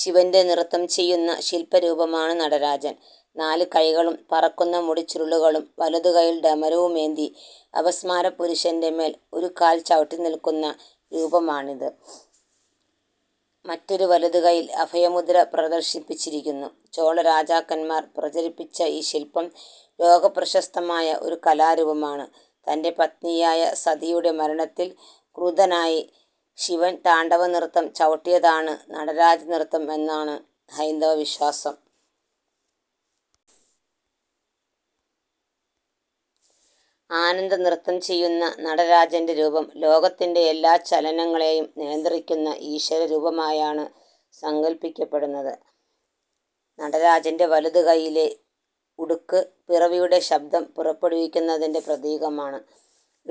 ശിവന്റെ നൃത്തം ചെയ്യുന്ന ശിൽപ്പരൂപമാണ് നടരാജൻ. നാല് കൈകളും പറക്കുന്ന മുടിച്ചുരുളുകളും വലതുകൈയിൽ ഡമരുവുമേന്തി അപസ്മാരപുരുഷന്റെ മേൽ ഒരു കാൽ ചവിട്ടിനിൽക്കുന്ന രൂപമാണിത്. മറ്റൊരു വലതുകൈയിൽ അഭയമുദ്ര പ്രദർശിപ്പിച്ചിരിക്കുന്നു. ചോളരാജാക്കന്മാർ പ്രചരിപ്പിച്ച ഈ ശിൽപ്പം ലോകപ്രശസ്തമായ ഒരു കലാരൂപമാണ്. തന്റെ പത്നിയായ സതിയുടെ മരണത്തിൽ ക്രുദ്ധനായി ശിവൻ താണ്ഡവനൃത്തം ചവിട്ടിയതാണ് നടരാജനൃത്തം എന്നാണ് ഹൈന്ദവവിശ്വാസം. ആനന്ദനൃത്തം ചെയ്യുന്ന നടരാജന്റെ രൂപം ലോകത്തിന്റെ എല്ലാ ചലനങ്ങളെയും നിയന്ത്രിക്കുന്ന ഈശ്വരരൂപമായാണ് സങ്കൽപ്പിക്കപ്പെടുന്നത്. നടരാജന്റെ വലതുകൈയിലെ ഉടുക്ക് പിറവിയുടെ ശബ്ദം പുറപ്പെടുവിക്കുന്നതിന്റെ പ്രതീകമാണ്.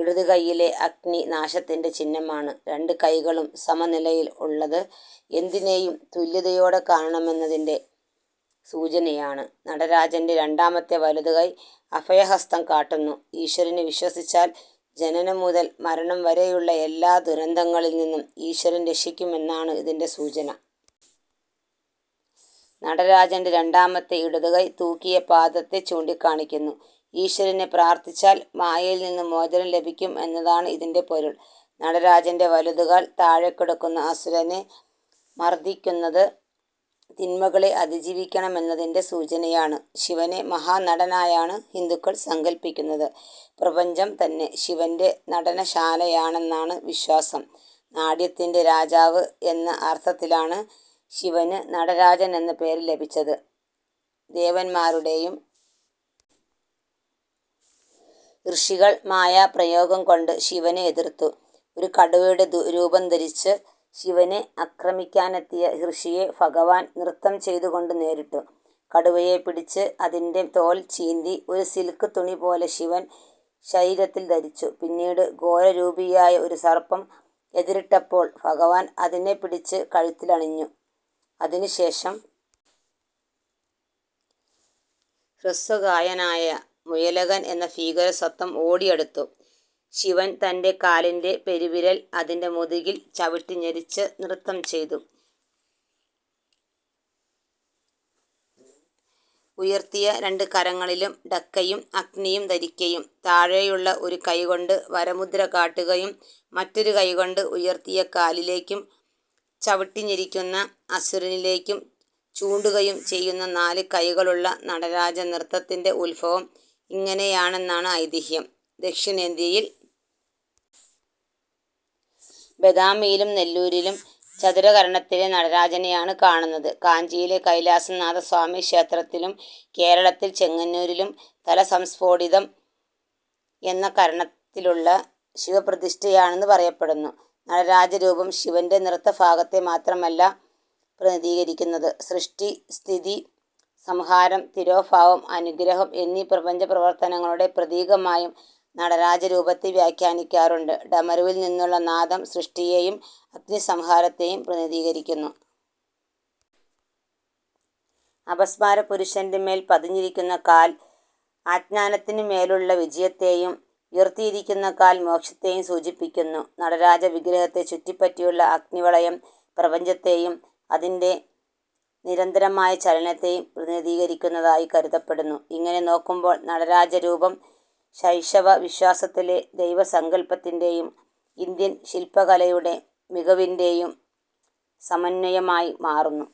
ഇടതുകൈയിലെ അഗ്നി നാശത്തിന്റെ ചിഹ്നമാണ്. രണ്ട് കൈകളും സമനിലയിൽ ഉള്ളത് എന്തിനെയും തുല്യതയോടെ കാണണമെന്നതിന്റെ സൂചനയാണ്. നടരാജന്റെ രണ്ടാമത്തെ വലതുകൈ അഭയഹസ്തം കാട്ടുന്നു. ഈശ്വരനെ വിശ്വസിച്ചാൽ ജനനം മുതൽ മരണം വരെയുള്ള എല്ലാ ദുരന്തങ്ങളിൽനിന്നും ഈശ്വരൻ രക്ഷിക്കും എന്നാണ് ഇതിന്റെ സൂചന. നടരാജന്റെ രണ്ടാമത്തെ ഇടതുകൈ തൂക്കിയ പാദത്തെ ചൂണ്ടിക്കാണിക്കുന്നു. ഈശ്വരനെ പ്രാർഥിച്ചാൽ മായയിൽനിന്ന് മോചനം ലഭിക്കും എന്നതാണ് ഇതിന്റെ പൊരുൾ. നടരാജന്റെ വലതുകാൽ താഴെക്കിടക്കുന്ന അസുരനെ മർദിക്കുന്നത് തിന്മകളെ അതിജീവിക്കണമെന്നതിന്റെ സൂചനയാണ്. ശിവനെ മഹാനടനായാണ് ഹിന്ദുക്കൾ സങ്കൽപ്പിക്കുന്നത്. പ്രപഞ്ചം തന്നെ ശിവന്റെ നടനശാലയാണെന്നാണ് വിശ്വാസം. നാട്യത്തിന്റെ രാജാവ് എന്ന അർഥത്തിലാണ് ശിവന് നടരാജൻ എന്ന പേര് ലഭിച്ചത്. ദേവന്മാരുടെയും ഋഷികൾ മായാപ്രയോഗംകൊണ്ട് ശിവനെ എതിർത്തു. ഒരു കടുവയുടെ രൂപം ധരിച്ച് ശിവനെ ആക്രമിക്കാനെത്തിയ ഋഷിയെ ഭഗവാൻ നൃത്തം ചെയ്തുകൊണ്ട് നേരിട്ടു. കടുവയെ പിടിച്ച് അതിന്റെ തോൽ ചീന്തി ഒരു സിൽക്ക് തുണിപോലെ ശിവൻ ശരീരത്തിൽ ധരിച്ചു. പിന്നീട് ഘോരരൂപിയായ ഒരു സർപ്പം എതിരിട്ടപ്പോൾ ഭഗവാൻ അതിനെ പിടിച്ച് കഴുത്തിലണിഞ്ഞു. അതിനുശേഷം ഹ്രസ്വകായനായ മുയലകൻ എന്ന ഭീകരസത്വം ഓടിയടുത്തു. ശിവൻ തന്റെ കാലിന്റെ പെരുവിരൽ അതിന്റെ മുതുകിൽ ചവിട്ടിഞെരിച്ച് നൃത്തം ചെയ്തു. ഉയർത്തിയ രണ്ട് കരങ്ങളിലും ഢക്കയും അഗ്നിയും ധരിക്കുകയും താഴെയുള്ള ഒരു കൈകൊണ്ട് വരമുദ്ര കാട്ടുകയും മറ്റൊരു കൈകൊണ്ട് ഉയർത്തിയ കാലിലേക്കും ചവിട്ടിഞെരിക്കുന്ന അസുരനിലേക്കും ചൂണ്ടുകയും ചെയ്യുന്ന നാല് കൈകളുള്ള നടരാജനൃത്തത്തിന്റെ ഉത്ഭവം ഇങ്ങനെയാണെന്നാണ് ഐതിഹ്യം. ദക്ഷിണേന്ത്യയിൽ ബദാമിയിലും നല്ലൂരിലും ചതുരകരണത്തിലെ നടരാജനെയാണ് കാണുന്നത്. കാഞ്ചിയിലെ കൈലാസനാഥസ്വാമിക്ഷേത്രത്തിലും കേരളത്തിൽ ചെങ്ങന്നൂരിലും തലസംസ്ഫോടിതം എന്ന കരണത്തിലുള്ള ശിവപ്രതിഷ്ഠയാണെന്ന് പറയപ്പെടുന്നു. നടരാജരൂപം ശിവന്റെ നൃത്തഭാവത്തെ മാത്രമല്ല പ്രതിനിധീകരിക്കുന്നത്. സൃഷ്ടി സ്ഥിതി സംഹാരം തിരോഭാവം അനുഗ്രഹം എന്നീ പ്രപഞ്ചപ്രവർത്തനങ്ങളുടെ പ്രതീകമായും നടരാജരൂപത്തെ വ്യാഖ്യാനിക്കാറുണ്ട്. ഡമരുവിൽനിന്നുള്ള നാദം സൃഷ്ടിയെയും അഗ്നി സംഹാരത്തെയും പ്രതിനിധീകരിക്കുന്നു. അപസ്മാരപുരുഷന്റെ മേൽ പതിഞ്ഞിരിക്കുന്ന കാൽ അജ്ഞാനത്തിനുമേലുള്ള വിജയത്തെയും ഉയർത്തിയിരിക്കുന്ന കാൽ മോക്ഷത്തെയും സൂചിപ്പിക്കുന്നു. നടരാജവിഗ്രഹത്തെ ചുറ്റിപ്പറ്റിയുള്ള അഗ്നിവളയം പ്രപഞ്ചത്തെയും അതിന്റെ നിരന്തരമായ ചലനത്തെയും പ്രതിനിധീകരിക്കുന്നതായി കരുതപ്പെടുന്നു. ഇങ്ങനെ നോക്കുമ്പോൾ നടരാജരൂപം ശൈഷവവിശ്വാസത്തിലെ ദൈവസങ്കൽപ്പത്തിന്റെയും ഇന്ത്യൻ ശിൽപ്പകലയുടെ മികവിന്റെയും സമന്വയമായി മാറുന്നു.